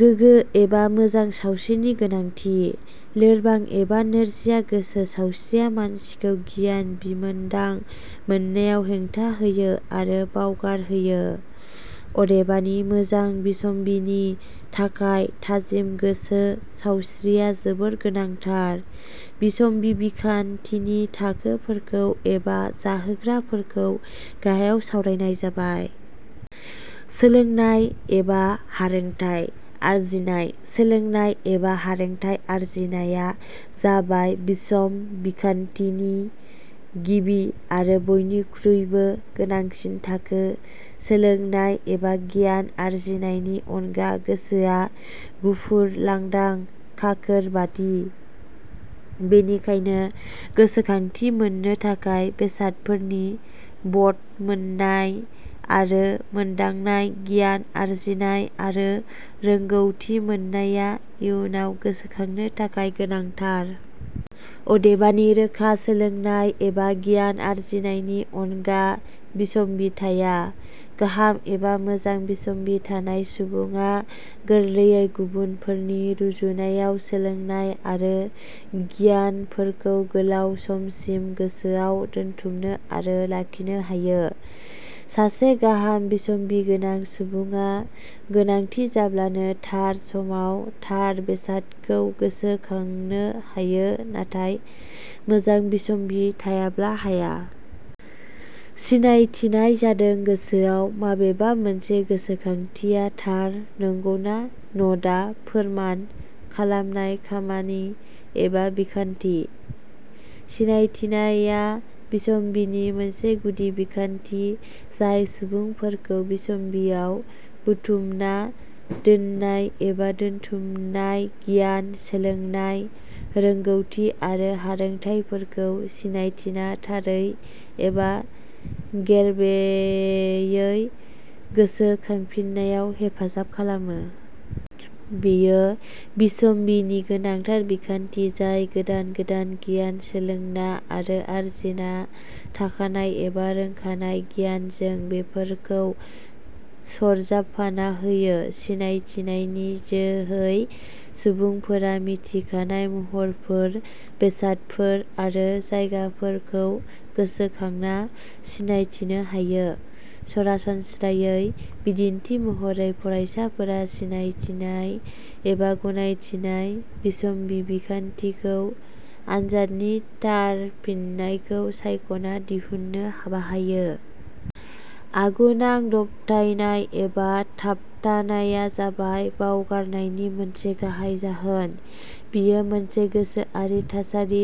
गोगो एबा मोजां सावस्रिनि गोनांथि: लोरबां एबा नोरजिया गोसो सावस्रिया मानसिखौ गियान बिमोनदां मोननायाव हेंथा हायो आरो बावगार होयो। अदेबानि मोजां बिसम्बिनि थाखाय थाजिम गोसो सावस्रिया जोबोर गोनांथार।: बिसम्बि बिखान्थिनि थाखोफोरखौ एबा जाहोग्राफोरखौ गाहायाव सावरायनाय जाबायः. सोलोंनाय एबा हारोंथाइ आरजिनाय: सोलोंनाय एबा हारोंथाइ आरजिनाया जाबाय बिसम्ब बिखान्थिनि गिबि आरो बयनिखुइबो गोनांसिन थाखो। सोलोंनाय एबा गियान आरजिनायनि अनगा गोसोआ गुफुर लांदां खाखोर बादि। बेनिखायनो गोसोखांथि मोननो थाखाय बेसादफोरखौ बदमोननाय आरो मोनदांनाय गियान आरजिनाय आरो रोंगौथि मोननाया इयुनाव गोसोखांनो थाखाय गोनांथार। अदेबानि रोखा सोलोंनाय एबा गियान आरजिनायनि अनगा बिसम्बि थाया। गाहाम एबा मोजां बिसम्बि थानाय सुबुङा गोरलैयै गुबुनफोरनि रुजुनायाव सोलोंनाय आरो गियानफोरखौ गोलाउ समसिम गोसोआव दोनथुमनो आरो लाखिनो हायो। सासे गाहाम बिसम्बि गोनां सुबुङा गोनांथि जाब्लानो थार समाव थार बेसादखौ गोसो खांनो हायो नाथाय, मोजां बिसम्बि थायाब्ला हाया। सिनायथिनाया जादों गोसोआव माबेबा मोनसे गोसोखांथिया थार नंगौना नडा फोरमान खालामनाय खामानि एबा बिखान्थि। सिनायथिनाया बिसम्बिनि मोनसे गुदि बिखान्थि जाय सुबुंफोरखौ बिसम्बियाव जुथुमना दोननाय एबा दोनथुमनाय गियान, सोलोंनाय, रोंगौथि आरो हारोंथाइफोरखौ सिनायथिना थारै एबा गेर्बेयै गोसो खांफिननायाव हेफाजाब खालामो। बेयो बिसम्बिनि गोनांथार बिखान्थि जाय गोदान गोदान गियान सोलोंना आरो आरजिना थाखानाय एबा रोंखानाय गियानजों बेफोरखौ सरजाबफाना होयो। सिनायथिनायनि जो है सुबुंफोरा मिथिखानाय महरफोर, बेसादफोर आरो जायगाफोरखौ गोसोखांना सिनायथिनो हायो। सरासनस्रायै, बिदिन्थि महरै फरायसाफोरा सिनायथिनाय एबा गनायथिनाय बिसम्बि बिखान्थिखौ "" आनजादनि थारफिननायखौ सायख'ना दिहुननो बाहायो।: आगुनां दबथाइनाय एबा थाबथानाया जाबाय बावगारनायनि मोनसे गाहाइ जाहोन। बेयो मोनसे गोसोआरि थासारि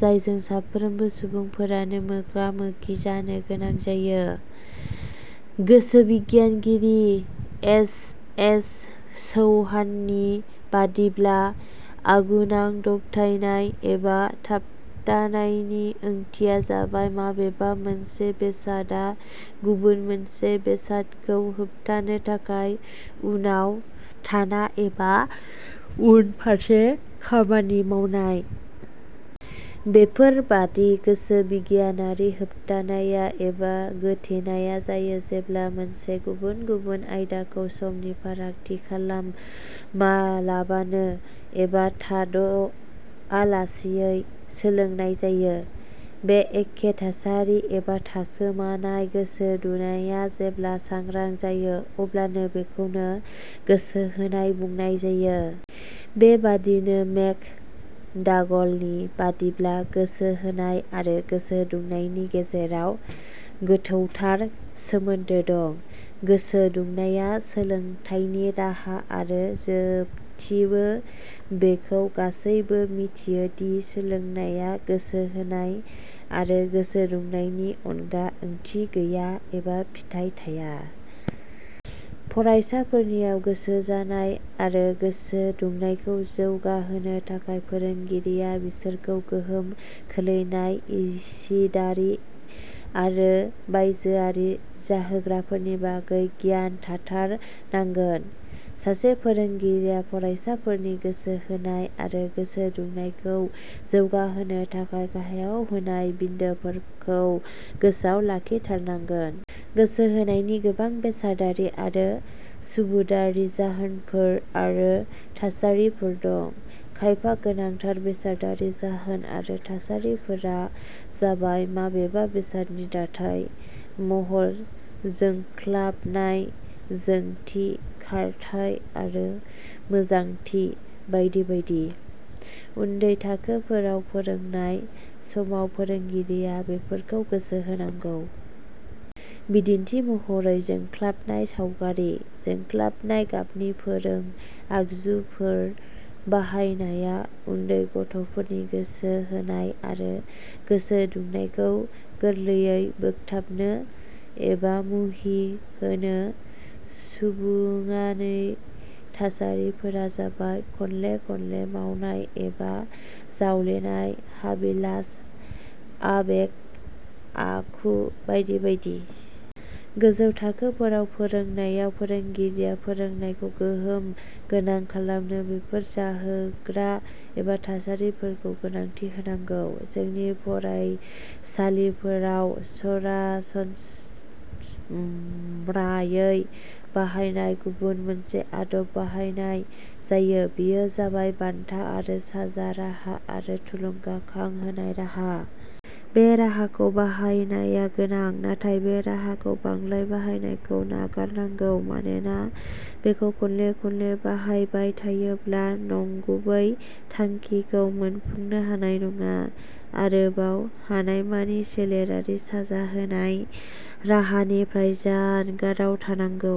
जायजों साफ्रोमबो सुबुंफोरानो मोगा-मोगि जानो गोनां जायो। गोसोबिगियानगिरि एस. एस. चौहाननि बादिब्ला, 'आगुनां दबथाइनाय एबा थाबथानायनि ओंथिया जाबाय माबेबा मोनसे बेसादा गुबुन मोनसे बेसादखौ होबथानो थाखाय उनाव थाना एबा उन फारसे खामानि मावनाय। ' बेफोरबादि गोसो बिगियानारि होबथानाया एबा गोथेनाया जायो जेब्ला मोननै गुबुन-गुबुन आयदाखौ समनि फारागथि खालामालाबानो एबा थाद'आलासेयै सोलोंनाय जायो। बे एखे थासारि एबा थाखोमानाय गोसो दुनाया जेब्ला सांग्रां जायो अब्लानो बेखौनो गोसो होनाय बुंनाय जायो। बे बादिनो मेक. डागल नि बादिब्ला गोसो होनाय आरो गोसो दुंनायनि गेजेराव गोथौथार सोमोन्दो दं। "गोसो दुंनाया सोलोंथाइनि राहा आरो जोबथिबो": बेखौ गासैबो मिथियोदि सोलोंनाया गोसो होनाय आरो गोसो दुंनायनि अनगा ओंथि गैया एबा फिथाइ थाया। फरायसाफोरनियाव गोसो जानाय आरो गोसो दुंनायखौ जौगाहोनो थाखाय फोरोंगिरिया बिसोरखौ गोहोम खोलैनाय इसिडारि आरो बायजोआरि जाहोग्राफोरनि बागै गियान थाथार नांगोन। सासे फोरोंगिरिया फरायसाफोरनि गोसो होनाय आरो गोसो दुंनायखौ जौगाहोनो थाखाय गाहायाव होनाय बिन्दोफोरखौ गोसोआव लाखिथारनांगोनः. गोसो होनायनि गोबां बेसादारि आरो सुबुडारि जाहोनफोर आरो थासारिफोर दं। खायफा गोनांथार बेसादारि जाहोन आरो थासारिफोरा जाबाय- माबेबा बेसादनि दाथाइ, महर, जोंख्लाबनाय, जोंथि, खारथाइ आरो मोजांथि बायदि बायदि। उन्दै थाखोफोराव फोरोंनाय समाव फोरोंगिरिया बेफोरखौ गोसो होनांगौ। बिदिन्थि महरै जोंख्लाबनाय सावगारि, जोंख्लाबनाय गाबनि फोरों आगजुफोर बाहायनाया उन्दै गथ'फोरनि गोसो होनाय आरो गोसो दुंनायखौ गोरलैयै बोगथाबो एबा मुहि होनो सुबुङारि थासारिफोरा जाबाय- खनले खनले मावनाय एबा जावलेनाय, हाबिलास, आबेग, आखु बायदि बायदि। गोजौ थाखोफोराव फोरोंनायाव फोरोंगिरिया फोरोंनायखौ गोहोम गोनां खालामनो बेफोर जाहोग्रा एबा थासारिफोरखौ गोनांथि होनांगौ।. जोंनि फरायसालिफोराव सरासनम्रायै बाहायनाय गुबुन मोनसे आदब बाहायनाय जायो, बेयो जाबाय "बान्था आरो साजा" राहा आरो" थुलुंगाखां होनाय" राहा। बे राहाखौ बाहायनाया गोनां, नाथाइ बे राहाखौ बांद्राय बाहायनायखौ नागार नांगौ। मानोना बेखौ खनले खनले बाहायबाय थायोब्ला नंगुबै थांखिखौ मोनफुंनो हानाय नङा। आरोबाव हानायमानि सोलेरारि साजा होनाय राहानिफ्राय जानगाराव थानांगौ.